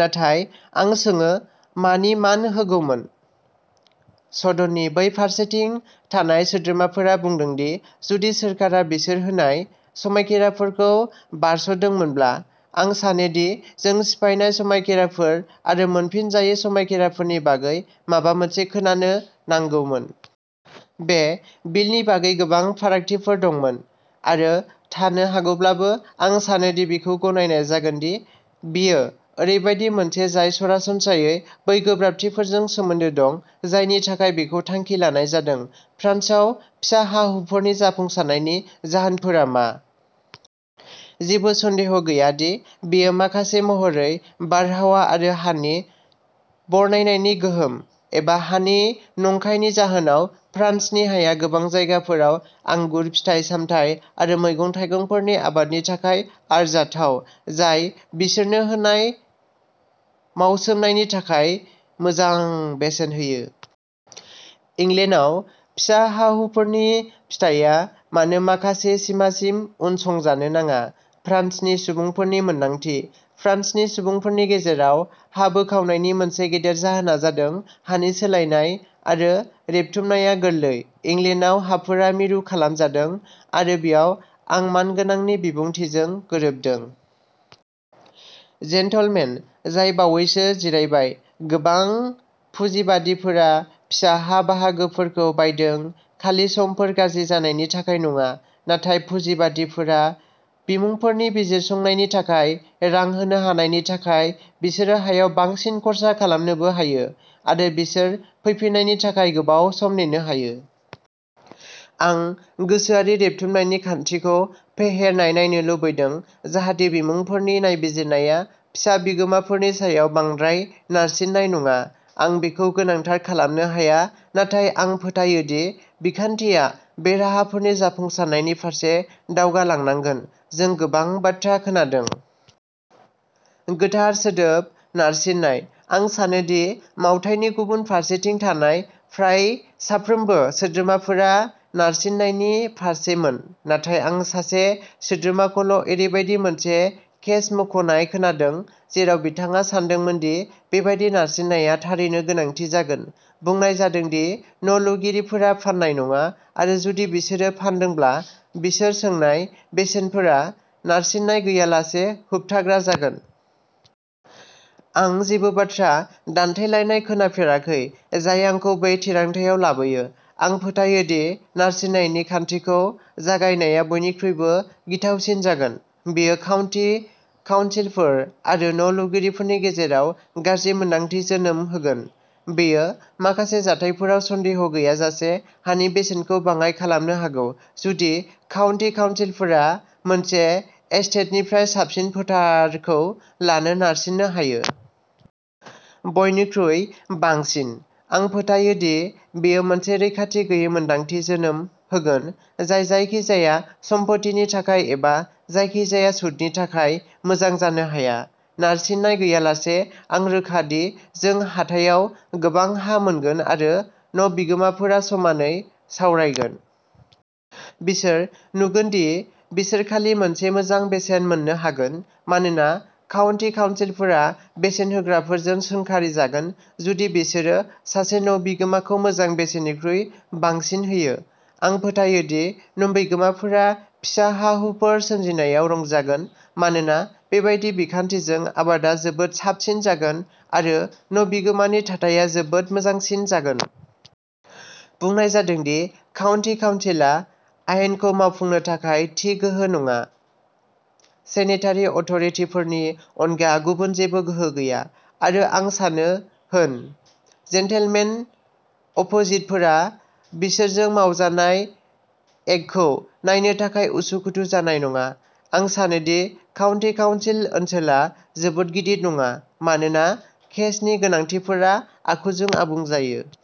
नाथाय आं सोङो मानि मान होगौमोन। सदननि बै फारसेथिं थानाय सोद्रोमाफोरा बुंदों दि जुदि सोरखारा बिसोर होनाय समायखिराफोरखौ बारस'दोंमोनब्ला? आं सानो दि जों सिफायजानाय समायखिराफोर आरो मोनफिनजायै समायखिराफोरनि बागै माबा मोनसे खोनानो नांगौमोन। बे बिलनि बागै गोबां फारागथिफोर दंमोन आरो थानो हागौब्लाबो, आं सानो दि बेखौ गनायनाय जागोन दि बेयो ओरैबायदि मोनसे जाय सरासनस्रायै बै गोब्राबथिफोरजों सोमोन्दो दं जायनि थाखाय बेखौ थांखि लानाय जादों। फ्रान्सआव फिसा हा-हुखाफोरनि जाफुंसारनायनि जाहोनफोरा मा? जेबो सन्देह गैया दि बेयो माखासे महरै बारहावा आरो हानि बरनायनायनि गोहोम, एबा हानि नंखायनि जाहोनाव। फ्रान्सनि हाया गोबां जायगाफोराव आंगुर, फिथाइ-सामथाइ आरो मैगं-थाइगंफोरनि आबादनि थाखाय आरजाथाव, जाय बिसोरनो होनाय मावसोमनायनि थाखाय मोजां बेसेन होयो। इंलेन्डआव फिसा हा-हुखाफोरनि फिथाया मानो माखासे सिमासिम उनसंजानो नाङा। फ्रान्सनि सुबुंफोरनि मोन्दांथि? फ्रान्सनि सुबुंफोरनि गेजेराव हा बोखावनायनि मोनसे गेदेर जाहोना जादों हानि सोलायनाय आरो रेबथुमनाया गोरलै। इंलेन्डआव हाफोरा मिरु खालामजादों, आरो बेयाव आं मानगोनांनि बिबुंथिजों गोरोबदों। जेन्टलमेन जाय बावैसो जिरायबाय। गोबां पुजिबादिफोरा फिसा हा-बाहागोफोरखौ बायदों, खालि समफोरा गाज्रि जानायनि थाखाय नङा, नाथाय पुजिबादिफोरा बिमुंफोरनि बिजिरसंनायनि थाखाय रां होनो हानायनि थाखाय। बिसोरो हायाव बांसिन खर्सा खालामनोबो हायो, आरो बिसोर फैफिन्नायनि थाखाय गोबाव सम नेनो हायो। आं गोसोआरि रेबथुमनायनि खान्थिखौ फेहेरनाय नायनो लुबैदों जाहाथे बिमुंफोरनि नायबिजिरनाया फिसा बिगोमाफोरनि सायाव बांद्राय नारसिननाय नङा। आं बेखौ गोनांथार खालामनो हाया, नाथाय आं फोथायो दि बिखान्थिया बे राहाफोरनि जाफुंसारनायनि फारसे दावगालांगोन। जों गोबां बाथ्रा खोनादों। गोथार सोदोब "नारसिननाय"। आं सानो दि मायथाइनि गुबुन फारसेथिं थानाय फ्राय साफ्रोमबो सोद्रोमाफोरा नारसिननायनि फारसेमोन। नाथाय आं सासे सोद्रोमाखौल'ओरैबायदि मोनसे केस मुंख'नाय खोनादों जेराव बिथाङा सानदोंमोन दि बेबादि नारसिननाया थारैनो गोनांथि जागोन। बुंनाय जादों दि न'लुगिरिफोरा फान्नाय नङा, आरो जुदि बिसोरो फान्दोंब्ला, बिसोर सोंनाय बेसेनफोरा नारसिननाय गैयालासे होबथाग्रा जागोन। आं जेबो बाथ्रा दान्थेलायनाय खोनाफेराखै जाय आंखौ बै थिरांथायाव लाबोयो। आं फोथायो दि नारसिननायनि खान्थिखौ जागायनाया बयनिख्रुइबो गिथावसिन जागोन। बेयो काउन्टि काउन्सिलफोर आरो न'लुगिरिफोरनि गेजेराव गाज्रि मोन्दांथि जोनोम होगोन। बेयो, माखासे जाथायफोराव, सन्देह गैयाजासे हानि बेसेनखौ बाङाइ खालामनो हागौ जुदि काउन्टि काउन्सिलफोरा मोनसे एस्टेटनिफ्राय साबसिन फोथारखौ लानो नारसिननो हायो। बयनिख्रुइ बांसिन, आं फोथायो दि बेयो मोनसे रैखाथि गैयै मोन्दांथि जोनोम होगोन जाय जायखिजाया सम्पथिनि थाखाय एबा जायखिजाया सुदनि थाखाय मोजां जानो हाया। नारसिननाय गैयालासे। आं रोखा दि जों हाथायाव गोबां हा मोनगोन, आरो न'बिगोमाफोरा समानै सावरायगोन। बिसोर नुगोन दि बिसोर खालि मोनसे मोजां बेसेन मोननो हागोन, मानोना काउन्टि काउन्सिलफोरा बेसेन होग्राफोरजों सोंखारिजागोन जुदि बिसोरो सासे न'बिगोमाखौ मोजां बेसेननिख्रुइ बांसिन होयो। आं फोथायो दि न'बिगोमाफोरा फिसा हा-हुफोर सोरजिनायाव रंजागोन, मानोना बेबादि बिखान्थिजों आबादा जोबोद साबसिन जागोन आरो न'बिगोमानि थाथाया जोबोद मोजांसिन जागोन। बुंनाय जादों दि काउन्टि काउन्सिलआ आयेनखौ मावफुंनो थाखाय थि गोहो नङा। सेनेटारि अथ'रिटिफोरनि अनगा गुबुन जेबो गोहो गैया, आरो आं सानो होन। जेनटेलमेन अपोजिटफोरा बिसोरजों मावजानाय एक्टखौ नायनो थाखाय उसुखुथु जानाय नङा। आं सानो दि काउन्टि काउन्सिल ओनसोला जोबोद गिदिर नङा, मानोना केसनि गोनांथिफोरा आखुजों आबुं जायो।